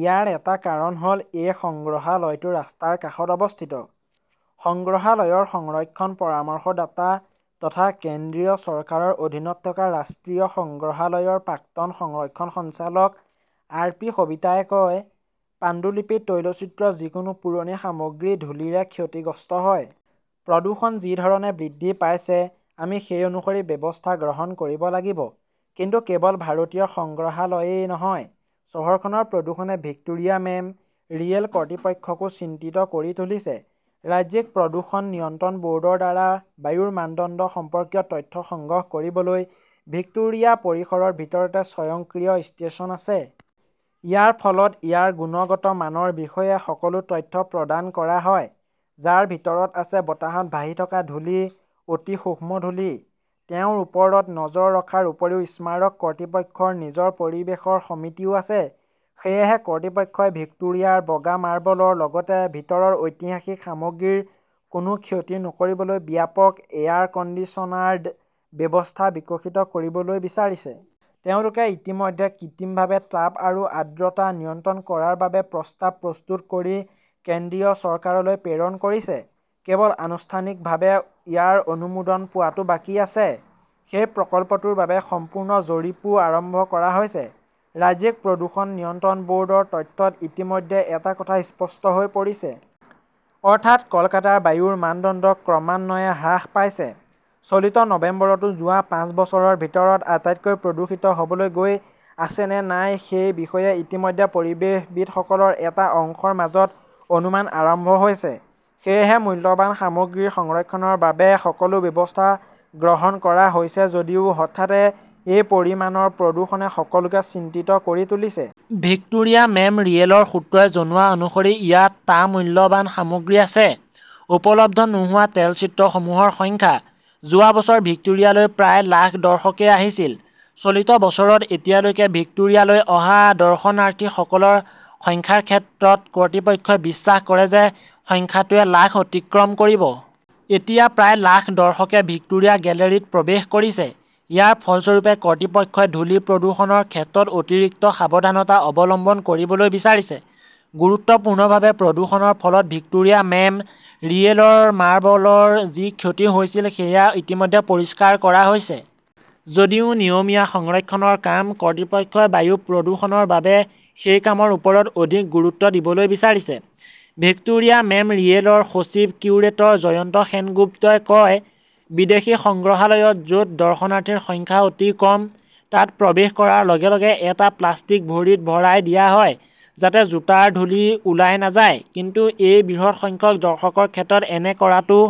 ইয়াৰ এটা কাৰণ হ "ল এই সংগ্ৰহালয়টো ৰাস্তাৰ কাষত অৱস্থিত। সংগ্ৰহালয়ৰ সংৰক্ষণ পৰামৰ্শদাতা তথা কেন্দ্ৰীয় চৰকাৰৰ অধীনত থকা ৰাষ্ট্ৰীয় সংগ্ৰহালয়ৰ প্ৰাক্তন সংৰক্ষণ সঞ্চালক আৰ. পি. সবিতাই কয়, "পাণ্ডুলিপি, তৈলচিত্ৰ, যিকোনো পুৰণি সামগ্ৰী ধূলিৰে ক্ষতিগ্ৰস্ত হয়। প্ৰদূষণ যি ধৰণে বৃদ্ধি পাইছে, আমি সেই অনুসৰি ব্যৱস্থা গ্ৰহণ কৰিব লাগিব। "কিন্তু কেৱল ভাৰতীয় সংগ্ৰহালয়ই নহয়, চহৰখনৰ প্ৰদূষণে ভিক্টোৰিয়া মেম" ৰিয়েল কৰ্তৃপক্ষকো চিন্তিত কৰি তুলিছে। ৰাজ্যিক প্ৰদূষণ নিয়ন্ত্ৰণ ব "ৰ্ডৰ দ্বাৰা বায়ুৰ মানদণ্ড সম্পৰ্কীয় তথ্য সংগ্ৰহ কৰিবলৈ ভিক্টোৰিয়া পৰিসৰৰ ভিতৰতে স্বয়ংক্ৰিয় 'ষ্টেচন" আছে। ইয়াৰ ফলত ইয়াৰ গুণগত মানৰ বিষয়ে সকলো তথ্য প্ৰদান কৰা হয়, যাৰ ভিতৰত আছে বতাহত ভাহি থকা ধূলি, অতি সূক্ষ্ম ধূলি। তেওঁৰ ওপৰত নজৰ ৰখাৰ উপৰিও স্মাৰক কৰ্তৃপক্ষৰ নিজৰ পৰিৱেশ সমিতিও আছে। সেয়েহে কৰ্তৃপক্ষই ভিক্টোৰিয়াৰ বগা মাৰ্বলৰ লগতে ভিতৰৰ ঐতিহাসিক সামগ্ৰীৰ কোনো ক্ষতি নকৰিবলৈ 'ব্যাপক এয়াৰ কণ্ডিচনাৰ্ড "ব্যৱস্থা বিকশিত কৰিবলৈ বিচাৰিছে। তেওঁলোকে ইতিমধ্যে কৃত্ৰিমভাৱে তাপ আৰু আৰ্দ্ৰতা নিয়ন্ত্ৰণ কৰাৰ বাবে প্ৰস্তাৱ প্ৰস্তুত কৰি কেন্দ্ৰীয় চৰকাৰলৈ প্ৰেৰণ কৰিছে। কেৱল আনুষ্ঠানিকভাৱে ইয়াৰ অনুমোদন পোৱাটো বাকী আছে। সেই প্ৰকল্পটোৰ বাবে সম্পূৰ্ণ জৰীপও আৰম্ভ কৰা হৈছে। ৰাজ্যিক প্ৰদূষণ নিয়ন্ত্ৰণ ব "ৰ্ডৰ তথ্যত ইতিমধ্যে এটা কথা স্পষ্ট হৈ পৰিছে। অৰ্থাৎ, কলকাতাৰ বায়ুৰ মানদণ্ড ক্ৰমান্বয়ে হ্ৰাস পাইছে। চলিত নৱেম্বৰটো যোৱা পাঁচ বছৰৰ ভিতৰত আটাইতকৈ প্ৰদূষিত হ "বলৈ গৈ আছে নে নাই সেই বিষয়ে ইতিমধ্যে পৰিৱেশবিদসকলৰ এটা অংশৰ মাজত অনুমান আৰম্ভ হৈছে। সেয়েহে মূল্যৱান সামগ্ৰী সংৰক্ষণৰ বাবে সকলো ব্যৱস্থা গ্ৰহণ কৰা হৈছে যদিও হঠাতে এই পৰিমাণৰ প্ৰদূষণে সকলোকে চিন্তিত কৰি তুলিছে। ভিক্টোৰিয়া মেম "ৰিয়েলৰ সূত্ৰই জনোৱা অনুসৰি ইয়াত, টা মূল্যৱান সামগ্ৰী আছে। উপলব্ধ নোহোৱা তেলচিত্ৰসমূহৰ সংখ্যা। যোৱা বছৰ ভিক্টোৰিয়ালৈ প্ৰায় লাখ দৰ্শকে আহিছিল। চলিত বছৰত এতিয়ালৈকে ভিক্টোৰিয়ালৈ অহা দৰ্শনাৰ্থীসকলৰ সংখ্যাৰ ক্ষেত্ৰত, কৰ্তৃপক্ষই বিশ্বাস কৰে যে সংখ্যাটোৱে লাখ অতিক্ৰম কৰিব। এতিয়া প্ৰায় লাখ দৰ্শকে ভিক্টোৰিয়া গেলেৰীত প্ৰৱেশ কৰিছে। ইয়াৰ ফলস্বৰূপে, কৰ্তৃপক্ষই ধূলি প্ৰদূষণৰ ক্ষেত্ৰত অতিৰিক্ত সাৱধানতা অৱলম্বন কৰিবলৈ বিচাৰিছে। গুৰুত্বপূৰ্ণভাৱে, প্ৰদূষণৰ ফলত ভিক্টোৰিয়া মেম "ৰিয়েলৰ মাৰ্বলৰ যি ক্ষতি হৈছিল সেয়া ইতিমধ্যে পৰিষ্কাৰ কৰা হৈছে। যদিও নিয়মীয়া সংৰক্ষণৰ কাম, কৰ্তৃপক্ষই বায়ু প্ৰদূষণৰ বাবে সেই কামৰ ওপৰত অধিক গুৰুত্ব দিবলৈ বিচাৰিছে। ভিক্টোৰিয়া মেম "ৰিয়েলৰ সচিব-কিউৰেটৰ জয়ন্ত সেনগুপ্তই কয়," বিদেশী সংগ্ৰহালয়ত, য "ত দৰ্শনাৰ্থীৰ সংখ্যা অতি কম, তাত প্ৰৱেশ কৰাৰ লগে লগে এটা প্লাষ্টিক ভৰিত ভৰাই দিয়া হয় যাতে জোতাৰ ধূলি ওলাই নাযায়। " কিন্তু এই বৃহৎ সংখ্যক দৰ্শকৰ ক্ষেত্ৰত এনে কৰাটো